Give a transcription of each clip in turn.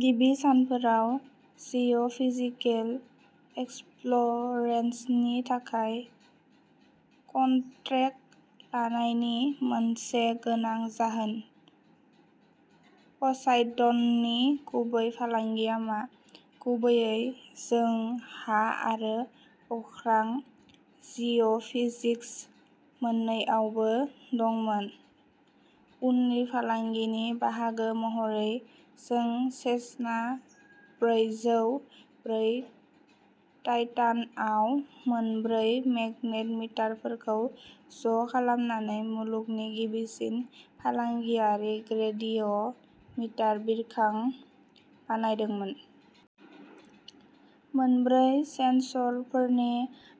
गिबि सानफोराव जिअ'फिजिकेल एक्सप्ल'रेसननि थाखाय कन्ट्रेक्ट लानायनि मोनसे गोनां जाहोन। प'साइडननि गुबै फालांगिया मा? गुबैयै जों हा आरो अख्रां जिअ' फिजिक्स मोन्नैआवबो दंमोन। उननि फालांगिनि बाहागो महरै जों सेसना ब्रैजौ ब्रै टाइटानआव मोनब्रै मेगनेट मिटारफोरखौ ज' खालामनानै मुलुगनि गिबिसिन फालांगियारि ग्रेडिय' मिटार बिरखां बानायदोंमोन। मोनब्रै सेन्स'रफोरनि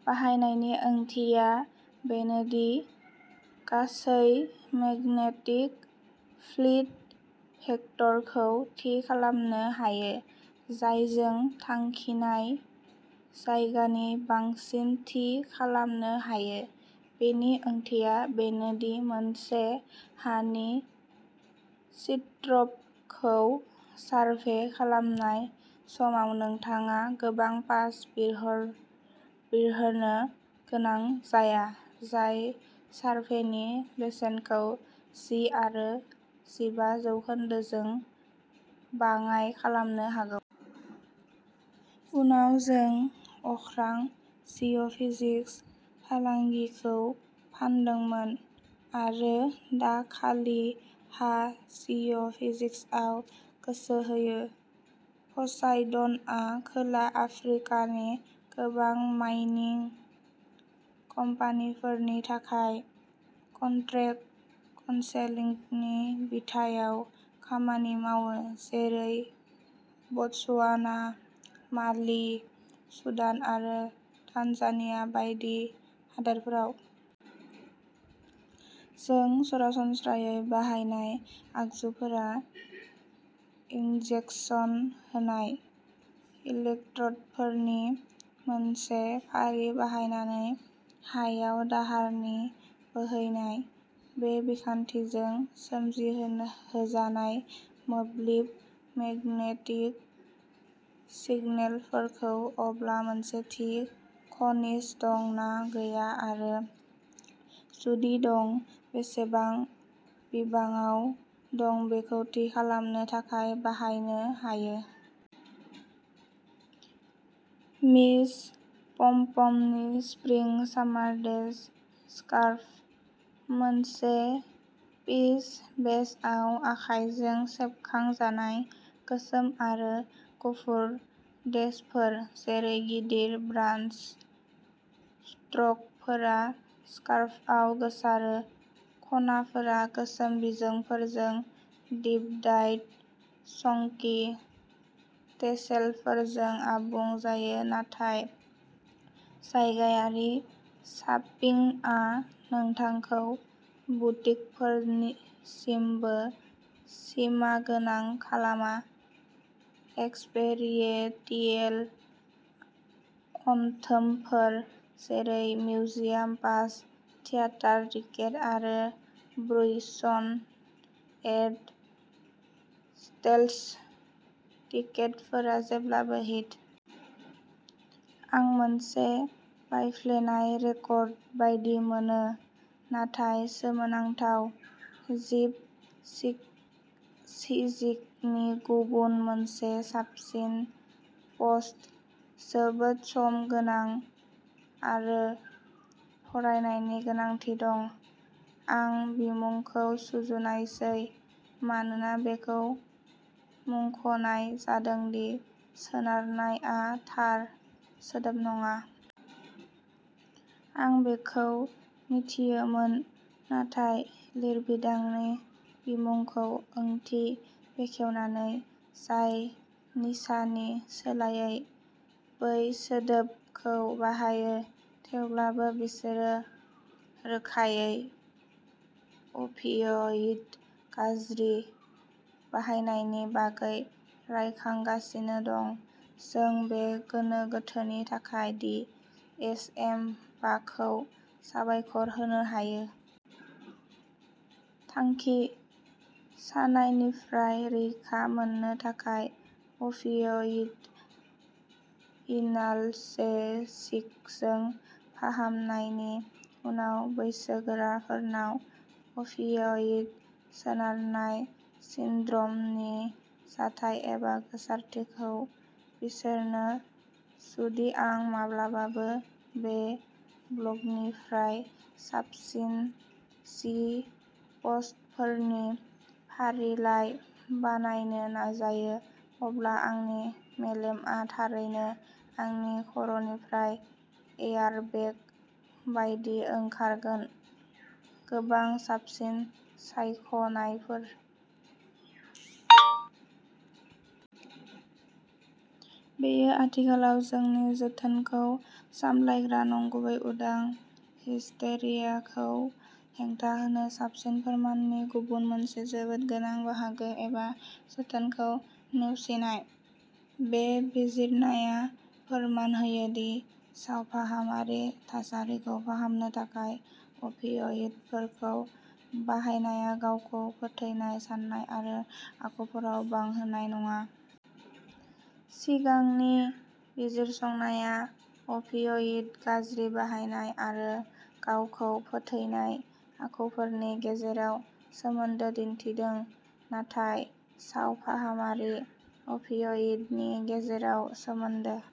बाहायनायनि ओंथिया बेनो दि गासै मेगनेटिक फ्लिड भेक्टरखौ थि खालामनो हायो, जायजों थांखिनाय जायगानि बांसिन थि खालामनो हायो। बेनि ओंथिया बेनो दि मोनसे हानि सिट्रपखौ सारभे खालामनाय समाव नोंथाङा गोबां पास बिरहोनो गोनां जाया, जाय सार्भेनि बेसेनखौ जि आरो जिबा जौखोनदोजों बाङाइ खालामनो हागौ। उनाव जों अख्रां जिअ'फिजिक्स फालांगिखौ फानदोंमोन आरो दा खालि हा जिअ' फिजिक्सआव गोसो होयो। प'साइडनआ खोला आफ्रिकानि गोबां माइनिं कम्पानिफोरनि थाखाय कन्ट्रेक्ट कनसेलिंनि बिथायाव खामानि मावो, जेरै बत्सवाना, माली, सुदान आरो तान्जानिया बायदि हादोरफोराव। जों सरासनस्रायै बाहायनाय आगजुफोरा इन्जेक्सन होनाय। इलेक्ट्र'डफोरनि मोनसे फारि बाहायनानै हायाव दाहारनि बोहैनाय। बे बिखान्थिजों सोमजिहोनो होजानाय मोब्लिब मेगनेटिक सिगनेलफोरखौ अब्ला मोनसे थि खनिज दं ना गैया आरो, जुदि दं, बेसेबां बिबाङाव दं बेखौ थि खालामनो थाखाय बाहायनो हायो। मिस पम्पमनि स्प्रिं सामार डेश स्कार्फ। मोनसे पीच बेसआव आखाइजों सेबखांजानाय, गोसोम आरो गुफुर डेशफोर जेरै गिदिर ब्रान्स स्ट्रकफोरा स्कार्फआव गोसारो। खनाफोरा गोसोम बिजोंफोरजों डिप डाइड चंकी टेसेलफोरजों आबुं जायो। नाथाय जायगायारि शापिंआ नोंथांखौ बुटिकफोरनिसिमबो सिमागोनां खालामा एक्सपेरिएन्टियेल अनथोमफोर जेरै मिउजियाम पास, थियाटार टिकेट, आरो ब्रुइसन एड स्टेलस टिकेटफोरा जेब्लाबो हिट! आं मोनसे बायफ्लेनाय रेकर्ड बायदि मोनो, नाथाय सोमोनांथाव जिप सि सिजिकनि गुबुन मोनसे साबसिन पस्ट। जोबोद सम गोनां आरो फरायनायनि गोनांथि दं। आं बिमुंखौ सुजुनायसै मानोना बेखौ मुंख'नाय जादों दि "सोनारनाय" आ थार सोदोब नङा। आं बेखौ मिथियोमोन नाथाय लिरबिदांनि बिमुंखौ ओंथि बेखेवनानै, जाय निसानि सोलायै बै सोदोबखौ बाहायो, थेवब्लाबो बिसोरो रोखायै अफिय'इड गाज्रि बाहायनायनि बागै रायखांगासिनो दं। जों बे गोनो गोथोनि थाखाय दि एस एम बाखौ साबायखर होनो हायो। थांखिः सानायनिफ्राय रैखा मोननो थाखाय अफिय'इड एनाल्जेसिकजों फाहामनायनि उनाव बैसोगोराफोरनाव अफिय'इड सोनारनाय सिनड्रमनि जाथाय एबा गोसारथिखौ बिजिरनो। जुदि आं माब्लाबाबो बे ब्लगनिफ्राय साबसिन जि पस्टफोरनि फारिलाइ बानायनो नाजायो, अब्ला आंनि मेलेमआ थारैनो आंनि खर'निफ्राय एयारबेग बायदि ओंखारगोनः गोबां साबसिन सायख'नायफोर। बेयो आथिखालाव जोंनि जोथोनखौ सामलायग्रा नंगुबै उदां हिस्टेरियाखौ हेंथा होनो साबसिन फोरमाननि गुबुन मोनसे जोबोद गोनां बाहागो एबा जोथोनखौ नेवसिनाय। बे बिजिरनाया फोरमान होयो दि सावफाहामारि थासारिखौ फाहामनो थाखाय अफिय'इडफोरखौ बाहायनाया गावखौ फोथैनाय साननाय आरो आखुफोराव बांहोनाय नङा। सिगांनि बिजिरसंनाया अफिय'इड गाज्रि बाहायनाय आरो गावखौ फोथैनाय आखुफोरनि गेजेराव सोमोन्दो दिन्थिदों, नाथाय सावफाहामारि अफिय'इडनि गेजेराव सोमोन्दो।